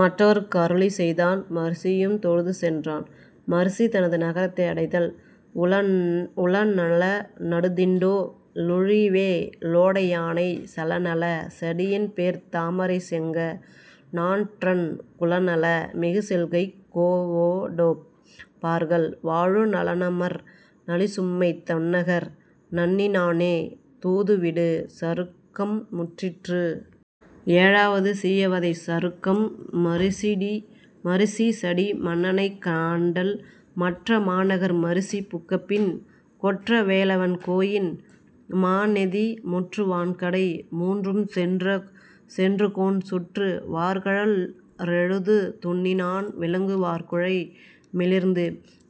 மற்றவர்க் கருளிச் செய்தான் மருசியுந் தொழுது சென்றான் மருசி தனது நகரத்தை அடைதல் உலனல னடுதிண்டோ ளூழிவே லோடை யானைச் சலநல சடியென்பேர்த் தாமரைச் செங்க ணான்றன் குலநல மிகுசெல்கைக் கோவொடொப் பார்கள் வாழு நலனமர் நளிசும்மைத் தொன்னகர் நண்ணி னானே தூதுவிடு சருக்கம் முற்றிற்று ஏழாவது சீயவதைச் சருக்கம் மரீசி சடி மன்னனைக் காண்டல் மற்ற மாநகர் மருசி புக்கபின் கொற்ற வேலவன் கோயின் மாநெதி முற்று வான்கடை மூன்றுஞ் சென்றுகோன் சுற்று வார்கழ றெழுது துன்னினான் விலங்கு வார்குழை மிளிர்ந்து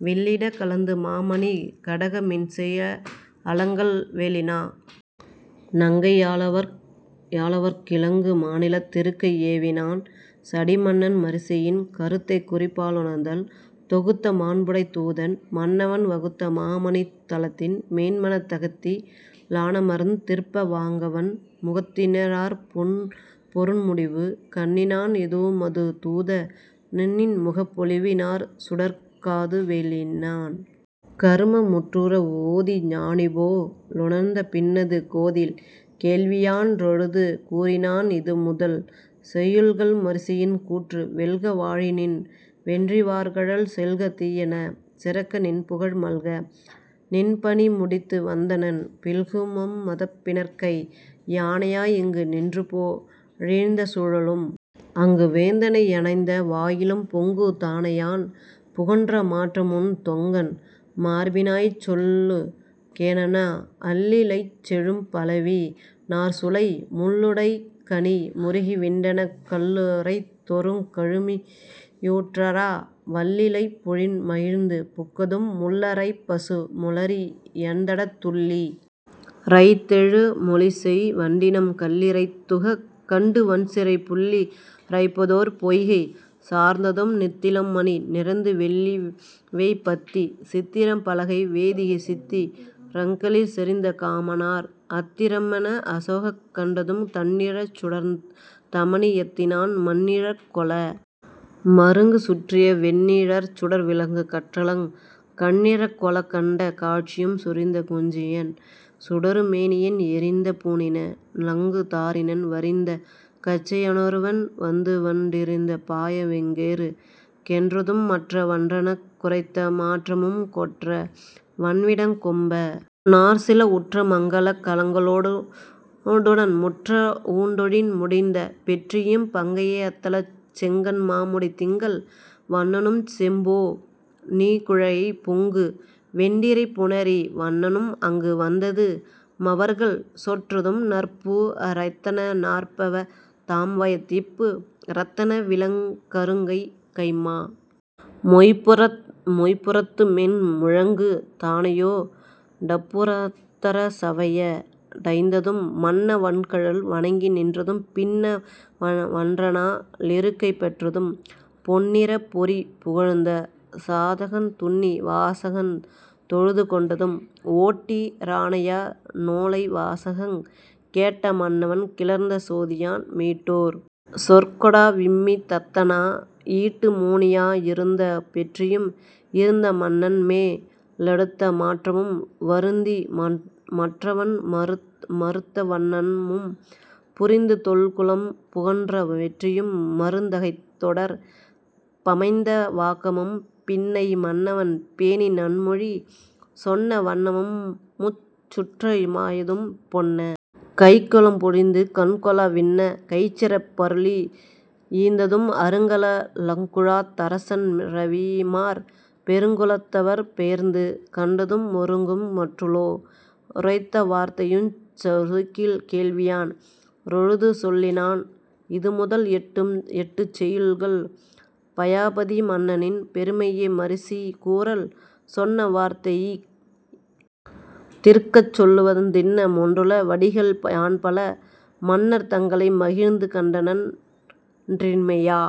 வில்லிடக் கலந்து மாமணிக் கடக மின்செய அலங்கல் வேலினா னங்கை யாலவற் கிலங்கு மாநிலத் திருக்கை யேவினான் சடிமன்னன் மரீசியின் கருத்தைக் குறிப்பாலுணர்தல் தொகுத்த மாண்புடைத் தூதன் மன்னவன் வகுத்த மாமணித் தலத்தின் மேன்மனத் தகத்தி னாலமர்ந் திருப்ப வாங்கவன் முகத்தி னாற்பொருண் முடிவு கண்ணினான் இதுவுமது தூத னின்முகப் பொலிவி னாற்சுடர்க் காது வேலினான் கரும முற்றுற ஓதி ஞானிபோ லுணர்ந்த பின்னது கோதில் கேள்வியான் றொழுது கூறினான் இதுமுதல் செய்யுள்கள் மரீசியின் கூற்று வெல்க வாழிநின் வென்றிவார்கழல் செல்க தீயன சிறக்க நின்புகழ் மல்க நின்பணி முடித்து வந்தனன் பில்கு மும்மதப் பிணர்க்கை யானையாய் இங்கு நின்றுபோ யிழிந்த சூழலும் அங்கு வேந்தனை யணைந்த வாயிலும் பொங்கு தானையான் புகன்ற மாற்றமுந் தொங்கன் மார்பினாய் சொல்லு கேனெனா அள்ளி லைச்செழும் பலவி னார்சுளை முள்ளு டைக்கனி முறுகி விண்டெனக் கள்ளு றைத்தொறுங் கழுமி யூற்றறா வள்ளி லைப்பொழின் மகிழ்ந்து புக்கதும் முள்ள ரைப்பசு முளரி யந்தடத் துள்ளி ரைத்தெழு மொலிசெய் வண்டினம் கள்ளி ரைத்துகக் கண்டு வண்சிறைப் புள்ளி ரைப்பதோர் பொய்கை சார்ந்ததும் நித்தி லம்மணி நிரந்து வெள்ளிவேய் பத்தி சித்திரப் பலகை வேதிகை சித்தி ரங்களிற் செறிந்து காமனார் அத்தி ரம்மென அசோகங் கண்டதும் தன்ணி ழற்சுடர்த் தமனி யத்தினான் மன்ணி ழற்கொள மருங்கு சுற்றிய வெண்ணி ழற்சுடர் விளங்கு கற்றலங் கண்ணி ழற்கொளக் கண்ட காட்சியும் சுரிந்த குஞ்சியன் சுடரு மேனியன் எரிந்த பூணின னிலங்கு தாரினன் வரிந்த கச்சைய னொருவன் வந்துவண் டிரிந்து பாயவிங் கேறு கென்றதும் மற்ற வன்றனக் குரைத்த மாற்றமுங் கொற்ற வன்விடக் கொம்ப னார்சிலர் உற்ற மங்கலக் கலங்க ளோடுடன் முற்ற வூண்டொழின் முடிந்த பெற்றியும் பங்கய யத்தலர்ச் செங்கண் மாமுடித் திங்கள் வண்ணனுஞ் செம்பொ னீள்குழைப் பொங்கு வெண்டிரைப் புணரி வண்ணனும் அங்கு வந்தது மவர்கள் சொற்றதும் நற்பு றத்தன நாற்ப தாம்வய திப்பு ரத்தன விளங்க ருங்கைம்மா மொய்ப்பு றத்துமேன் முழங்கு தானையோ டப்பு றத்தர சவைய டைந்ததும் மன்ன வன்கழல் வணங்கி நின்றதும் பின்ன வன்றனா லிருக்கை பெற்றதும் பொன்னி றப்பொறி புகழ்ந்த சாதகந் துன்னி வாசகந் தொழுது கொண்டதும் ஓட்டி றானையா னோலை வாசகங் கேட்ட மன்னவன் கிளர்ந்த சோதியான் மீட்டொர் சொற்கொடா விம்மி தத்தனா யீட்டு மோனியா யிருந்த பெற்றியும் இருந்த மன்னன்மே லெடுத்த மாற்றமும் வருந்தி மற்றவன் மறுத்த வன்ணமும் புரிந்து தொல்குலம் புகன்ற பெற்றியு மருந் தகைத் தொடர் பமைந்த வாக்கமும் பின்னை மன்னவன் பேணி நன்மொழி சொன்ன வண்ணமுஞ் சுற்ற மாயதும் பொன்ன கைக்குலம் பொலிந்து கண்கொள வின்ன கைச்சிறப் பருளி யீந்ததும் அருங்கல லக்குழாத் தரசன் றேவிமார் பெருங்கு லத்தவர் பெயர்ந்து கண்டது மொருங்கு மற்றுளோ ருரைத்த வார்த்தையுஞ் சுருங்கில் கேள்வியான் றொழுது சொல்லினான் இதுமுதல் எட்டுச் செய்யுள்கள், பயாபதி மன்னனின் பெருமையை மரீசி கூறல் சொன்ன வார்த்தையிஃ திருக்கச் சொல்லுவ தின்ன மொன்றுள வடிகள் யான்பல மன்னர் தங்களை மகிழ்ந்து கண்டன னன்ன னீர்மையா